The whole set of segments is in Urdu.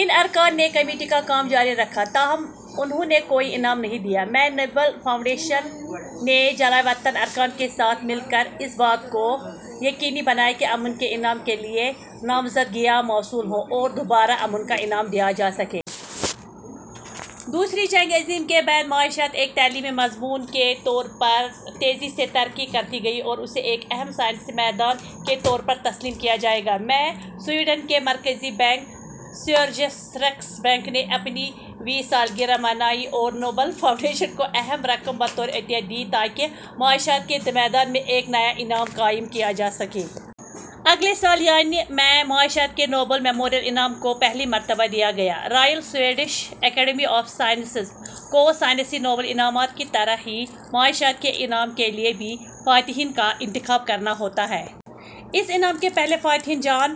ان ارکان نے کمیٹی کا کام جاری رکھا، تاہم انھوں نے کوئی انعام نہیں دیا۔ میں، نوبل فاؤنڈیشن نے جلا وطن ارکان کے ساتھ مل کر اس بات کو یقینی بنایا کہ امن کے انعام کے لیے نامزدگیاں موصول ہوں اور دوبارہ امن کا انعام دیا جا سکے۔ دوسری جنگ عظیم کے بعد، معاشیات ایک تعلیمی مضمون کے طور پر تیزی سے ترقی کرتی گئی اور اسے ایک اہم سائنسی میدان کے طور پر تسلیم کیا جانے لگا۔ میں، سویڈن کے مرکزی بینک " سیورجس رکس بینک " نے اپنی ویں سالگرہ منائی اور نوبل فاونڈیشن کو ایک رقم بطور عطیہ دی تاکہ معاشیات کے میدان میں ایک نیا انعام قائم کیا جا سکے۔ اگلے سال، یعنی میں، " معاشیات کے نوبل میموریل انعام " کو پہلی مرتبہ دیا گیا۔ " Royal Swedish Academy of Sciences " کو سائنسی نوبل انعامات کی طرح ہی معاشیات کے انعام کے لیے بھی فاتحین کا انتخاب کرنا ہوتا ہے۔ اس انعام کے پہلے فاتحین جان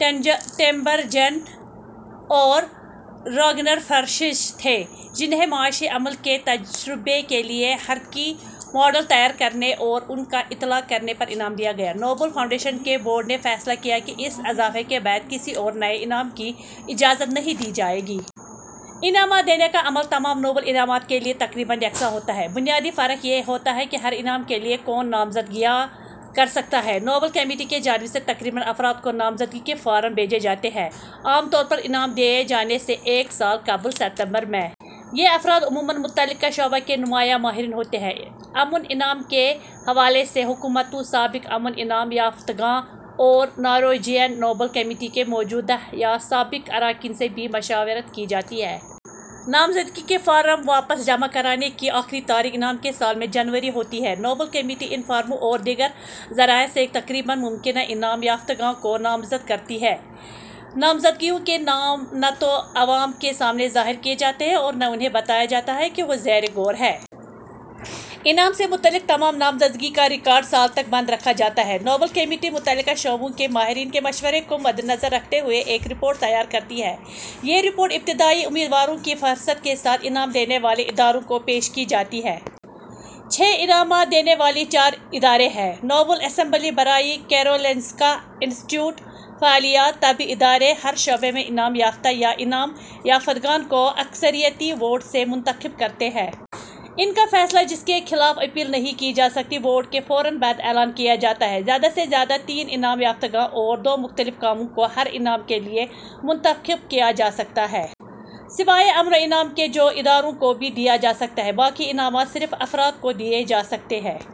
ٹنبرجن اور راگنرفرشچ تھے، جنھیں "معاشی عمل کے تجزیے کے لیے حرکی ماڈل تیار کرنے اور ان کا اطلاق کرنے" پر انعام دیا گیا۔ نوبل فاؤنڈیشن کے بورڈ نے فیصلہ کیا کہ اس اضافے کے بعد کسی اور نئے انعام کی اجازت نہیں دی جائے گی۔ انعامات دینے کا عمل تمام نوبل انعامات کے لیے تقریباً یکساں ہوتا ہے، بنیادی فرق یہ ہوتا ہے کہ ہر انعام کے لیے کون نامزدگیاں کر سکتا ہے۔ نوبل کمیٹی کی جانب سے تقریباً افراد کو نامزدگی کے فارم بھیجے جاتے ہیں، عام طور پر انعام دیے جانے سے ایک سال قبل ستمبر میں۔ یہ افراد عموماً متعلقہ شعبے کے نمایاں ماہرین ہوتے ہیں۔ امن انعام کے حوالے سے حکومتوں، سابق امن انعام یافتگان اور نارویجن نوبل کمیٹی کے موجودہ یا سابق اراکین سے بھی مشاورت کی جاتی ہے۔ نامزدگی کے فارم واپس جمع کرانے کی آخری تاریخ انعام کے سال میں جنوری ہوتی ہے۔ نوبل کمیٹی ان فارموں اور دیگر ذرائع سے تقریباً ممکنہ انعام یافتگان کو نامزد کرتی ہے۔ نامزدگیوں کے نام نہ تو عوام کے سامنے ظاہر کیے جاتے ہیں اور نہ انھیں بتایا جاتا ہے کہ وہ زیر غور ہیں۔ انعام سے متعلق تمام نامزدگی کا ریکارڈ سال تک بند رکھا جاتا ہے۔ نوبل کمیٹی متعلقہ شعبوں کے ماہرین کے مشورے کو مدنظر رکھتے ہوئے ایک رپورٹ تیار کرتی ہے۔ یہ رپورٹ، ابتدائی امیدواروں کی فہرست کے ساتھ، انعام دینے والے اداروں کو پیش کی جاتی ہے۔ چھ انعامات دینے والے چار ادارے ہیں:۔ نوبل اسمبلی برائے کیرولنسکا انسٹی ٹیوٹ – فعلیات / طب ادارے ہر شعبے میں انعام یافتہ یا انعام یافتگان کو اکثریتی ووٹ سے منتخب کرتے ہیں۔ ان کا فیصلہ، جس کے خلاف اپیل نہیں کی جا سکتی، ووٹ کے فوراً بعد اعلان کیا جاتا ہے۔ زیادہ سے زیادہ تین انعام یافتگان اور دو مختلف کاموں کو ہر انعام کے لیے منتخب کیا جا سکتا ہے۔ سوائے امن انعام کے، جو اداروں کو بھی دیا جا سکتا ہے، باقی انعامات صرف افراد کو دیے جا سکتے ہیں۔